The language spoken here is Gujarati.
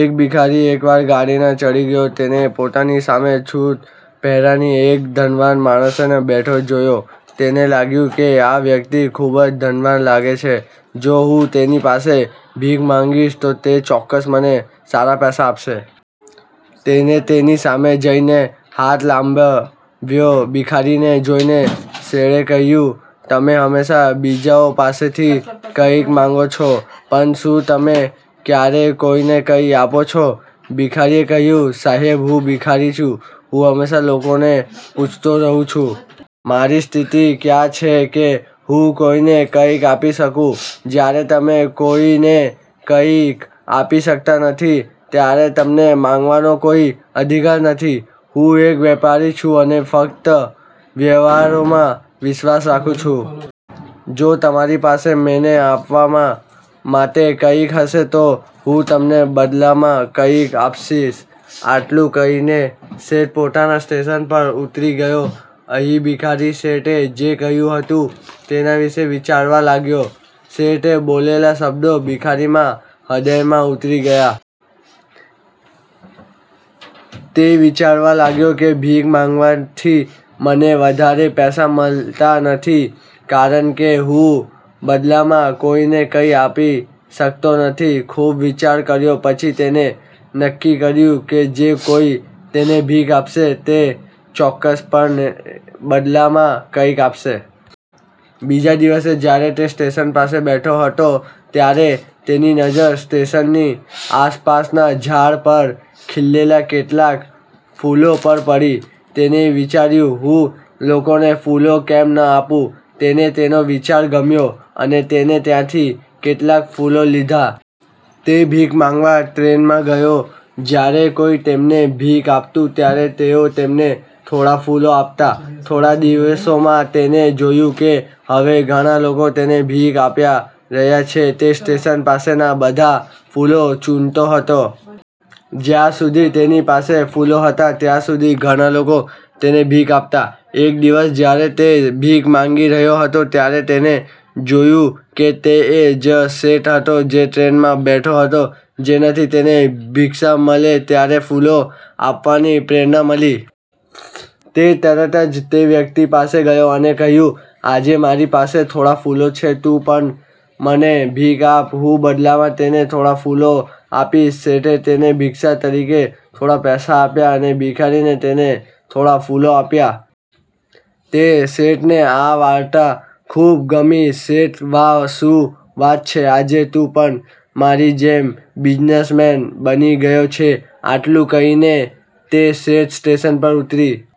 એક ભિખારી એકવાર ગાડીમાં ચઢી ગયો. તેણે પોતાની સામે સૂટ પહેરેલા એક ધનવાન માણસને બેઠો જોયો. તેને લાગ્યું કે આ વ્યક્તિ ખૂબ જ ધનવાન લાગે છે. જો હું તેની પાસે ભીખ માંગીશ તો તે ચોક્કસ મને સારા પૈસા આપશે. તેણે તેની સામે જઈને હાથ લંબાવ્યો. ભિખારીને જોઈને શેઠે કહ્યું, "તમે હંમેશા બીજાઓ પાસેથી કંઈક માગો છો, પણ શું તમે ક્યારેય કોઈને કંઈ આપો છો? " ભિખારીએ કહ્યું, "સાહેબ, હું ભિખારી છું, હું હંમેશા લોકોને પૂછતો રહું છું. મારી સ્થિતિ ક્યાં છે કે હું કોઈને કંઈક આપી શકું? " "જ્યારે તમે કોઈને કંઈક આપી શકતા નથી, ત્યારે તમને માંગવાનો કોઈ અધિકાર નથી. હું એક વેપારી છું અને ફક્ત વ્યવહારોમાં વિશ્વાસ રાખું છું. જો તમારી પાસે મને આપવા માટે કંઈક હશે, તો હું તમને બદલામાં કંઈક આપીશ." આટલું કહીને શેઠ પોતાના સ્ટેશન પર ઉતરી ગયો. અહીં ભિખારી શેઠે જે કહ્યું હતું તેના વિશે વિચારવા લાગ્યો. શેઠે બોલેલા શબ્દો ભિખારીના હૃદયમાં ઉતરી ગયા. તે વિચારવા લાગ્યો કે ભીખ માંગવાથી મને વધારે પૈસા મળતા નથી કારણ કે હું બદલામાં કોઈને કંઈ આપી શકતો નથી. ખૂબ વિચાર કર્યા પછી, તેણે નક્કી કર્યું કે જે કોઈ તેણે ભીખ આપશે, તે ચોક્કસપણે બદલામાં કંઈક આપશે. બીજા દિવસે, જ્યારે તે સ્ટેશન પાસે બેઠો હતો, ત્યારે તેની નજર સ્ટેશનની આસપાસના ઝાડ પર ખીલેલા કેટલાક ફૂલો પર પડી. તેણે વિચાર્યું, હું લોકોને ફૂલો કેમ ન આપું? તેને તેનો વિચાર ગમ્યો અને તેણે ત્યાંથી કેટલાક ફૂલો લીધા. તે ભીખ માંગવા ટ્રેનમાં ગયો. જ્યારે કોઈ તેમને ભીખ આપતું, ત્યારે તેઓ તેમને થોડા ફૂલો આપતા. થોડા દિવસોમાં, તેણે જોયું કે હવે ઘણા લોકો તેણે ભીખ આપ્યા રહ્યા છે. તે સ્ટેશન પાસેના બધા ફૂલો ચૂંટતો હતો. જ્યાં સુધી તેની પાસે ફૂલો હતા, ત્યાં સુધી ઘણા લોકો તેને ભીખ આપતા. એક દિવસ જ્યારે તે ભીખ માંગી રહ્યો હતો, ત્યારે તેણે જોયું કે તે એ જ શેઠ હતો જે ટ્રેનમાં બેઠો હતો, જેનાથી તેને ભિક્ષા મળે ત્યારે ફૂલો આપવાની પ્રેરણા મળી. તે તરત જ તે વ્યક્તિ પાસે ગયો અને કહ્યું, "આજે મારી પાસે થોડા ફૂલો છે, તું પણ મને ભીખ આપ, હું બદલામાં તને થોડા ફૂલો આપીશ." શેઠે તેને ભિક્ષા તરીકે થોડા પૈસા આપ્યા અને ભિખારીએ તેને થોડા ફૂલો આપ્યા. તે શેઠને આ વાર્તા ખૂબ ગમી. શેઠ: – "વાહ, શું વાત છે? આજે તું પણ મારી જેમ બિઝનેસમેન બની ગયો છે. " આટલું કહીને તે સેઠ સ્ટેશન પર ઉતરી